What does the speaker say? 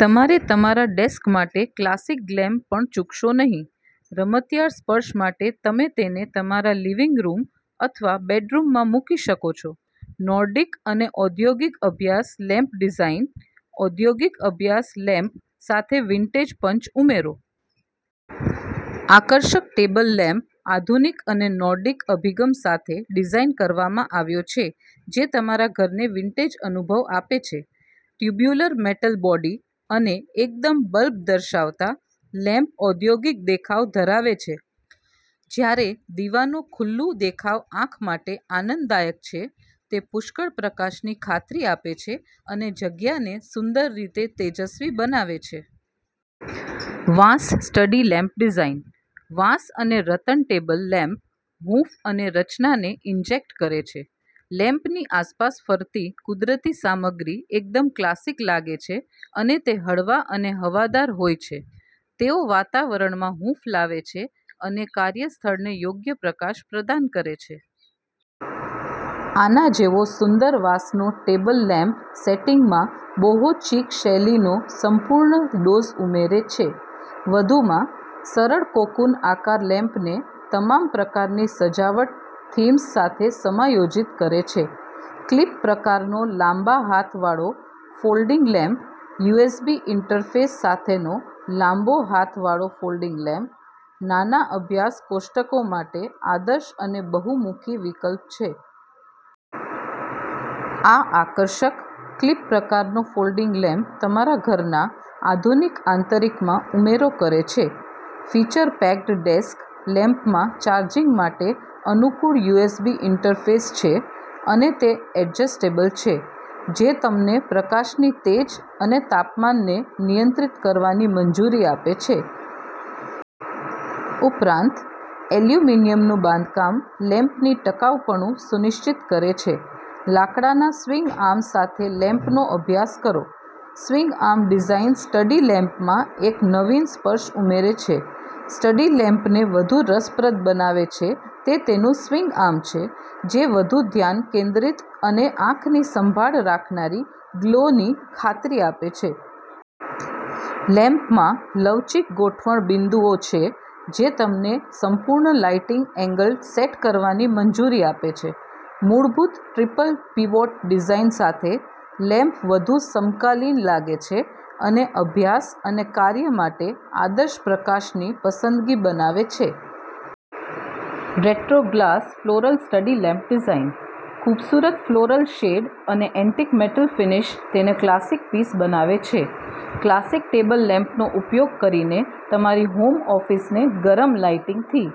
તમારે તમારા ડેસ્ક માટે ક્લાસિક ગ્લેમ પણ ચૂકશો નહીં. રમતિયાળ સ્પર્શ માટે તમે તેને તમારા લિવિંગ રૂમ અથવા બેડરૂમમાં મૂકી શકો છો. નોર્ડિક અને ઔદ્યોગિક અભ્યાસ લેમ્પ ડિઝાઇન. ઔદ્યોગિક અભ્યાસ લેમ્પ સાથે વિન્ટેજ પંચ ઉમેરો. આકર્ષક ટેબલ લેમ્પ આધુનિક અને નોર્ડિક અભિગમ સાથે ડિઝાઇન કરવામાં આવ્યો છે, જે તમારા ઘરને વિન્ટેજ અનુભવ આપે છે. ટ્યુબ્યુલર મેટલ બોડી અને એકદમ બલ્બ દર્શાવતા, લેમ્પ ઔદ્યોગિક દેખાવ ધરાવે છે. જ્યારે દીવાનો ખુલ્લું દેખાવ આંખ માટે આનંદદાયક છે, તે પુષ્કળ પ્રકાશની ખાતરી આપે છે અને જગ્યાને સુંદર રીતે તેજસ્વી બનાવે છે. વાંસ સ્ટડી લેમ્પ ડિઝાઇન. વાંસ અને રતન ટેબલ લેમ્પ હૂંફ અને રચનાને ઇન્જેક્ટ કરે છે. લેમ્પની આસપાસ ફરતી કુદરતી સામગ્રી એકદમ ક્લાસિક લાગે છે અને તે હળવા અને હવાદાર હોય છે. તેઓ વાતાવરણમાં હૂંફ લાવે છે અને કાર્યસ્થળને યોગ્ય પ્રકાશ પ્રદાન કરે છે. આના જેવો સુંદર વાંસનો ટેબલ લેમ્પ સેટિંગમાં બોહો-ચીક શૈલીનો સંપૂર્ણ ડોઝ ઉમેરે છે. વધુમાં, સરળ કોકૂન આકાર લેમ્પને તમામ પ્રકારની સજાવટ થીમ્સ સાથે સમાયોજિત કરે છે. ક્લિપ-પ્રકારનો લાંબા હાથવાળો ફોલ્ડિંગ લેમ્પ, યુએસબી ઇન્ટરફેસ સાથેનો લાંબો હાથવાળો ફોલ્ડિંગ લેમ્પ, નાના અભ્યાસ કોષ્ટકો માટે આદર્શ અને બહુમુખી વિકલ્પ છે. આ આકર્ષક, ક્લિપ-પ્રકારનો ફોલ્ડિંગ લેમ્પ તમારા ઘરના આધુનિક આંતરિકમાં ઉમેરો કરે છે. ફીચર-પેક્ડ ડેસ્ક લેમ્પમાં ચાર્જિંગ માટે અનુકૂળ યુએસબી ઇન્ટરફેસ છે અને તે એડજસ્ટેબલ છે, જે તમને પ્રકાશની તેજ અને તાપમાનને નિયંત્રિત કરવાની મંજૂરી આપે છે. ઉપરાંત, એલ્યુમિનિયમનું બાંધકામ લેમ્પની ટકાઉપણું સુનિશ્ચિત કરે છે. લાકડાના સ્વિંગ આર્મ સાથે લેમ્પનો અભ્યાસ કરો. સ્વિંગ આર્મ ડિઝાઇન સ્ટડી લેમ્પમાં એક નવીન સ્પર્શ ઉમેરે છે. સ્ટડી લેમ્પને વધુ રસપ્રદ બનાવે છે તે તેનું સ્વિંગ આર્મ છે, જે વધુ ધ્યાન કેન્દ્રિત અને આંખની સંભાળ રાખનારી ગ્લોની ખાતરી આપે છે. લેમ્પમાં લવચીક ગોઠવણ બિંદુઓ છે જે તમને સંપૂર્ણ લાઇટિંગ એંગલ સેટ કરવાની મંજૂરી આપે છે. મૂળભૂત ટ્રિપલ પીવોટ ડિઝાઇન સાથે, લેમ્પ વધુ સમકાલીન લાગે છે અને અભ્યાસ અને કાર્ય માટે આદર્શ પ્રકાશની પસંદગી બનાવે છે. Retro glass floral study lamp design. ખૂબસૂરત ફ્લોરલ શેડ અને એન્ટિક મેટલ ફિનિશ તેને ક્લાસિક પીસ બનાવે છે. ક્લાસિક ટેબલ લેમ્પનો ઉપયોગ કરીને તમારી હોમ ઑફિસને ગરમ લાઇટિંગથી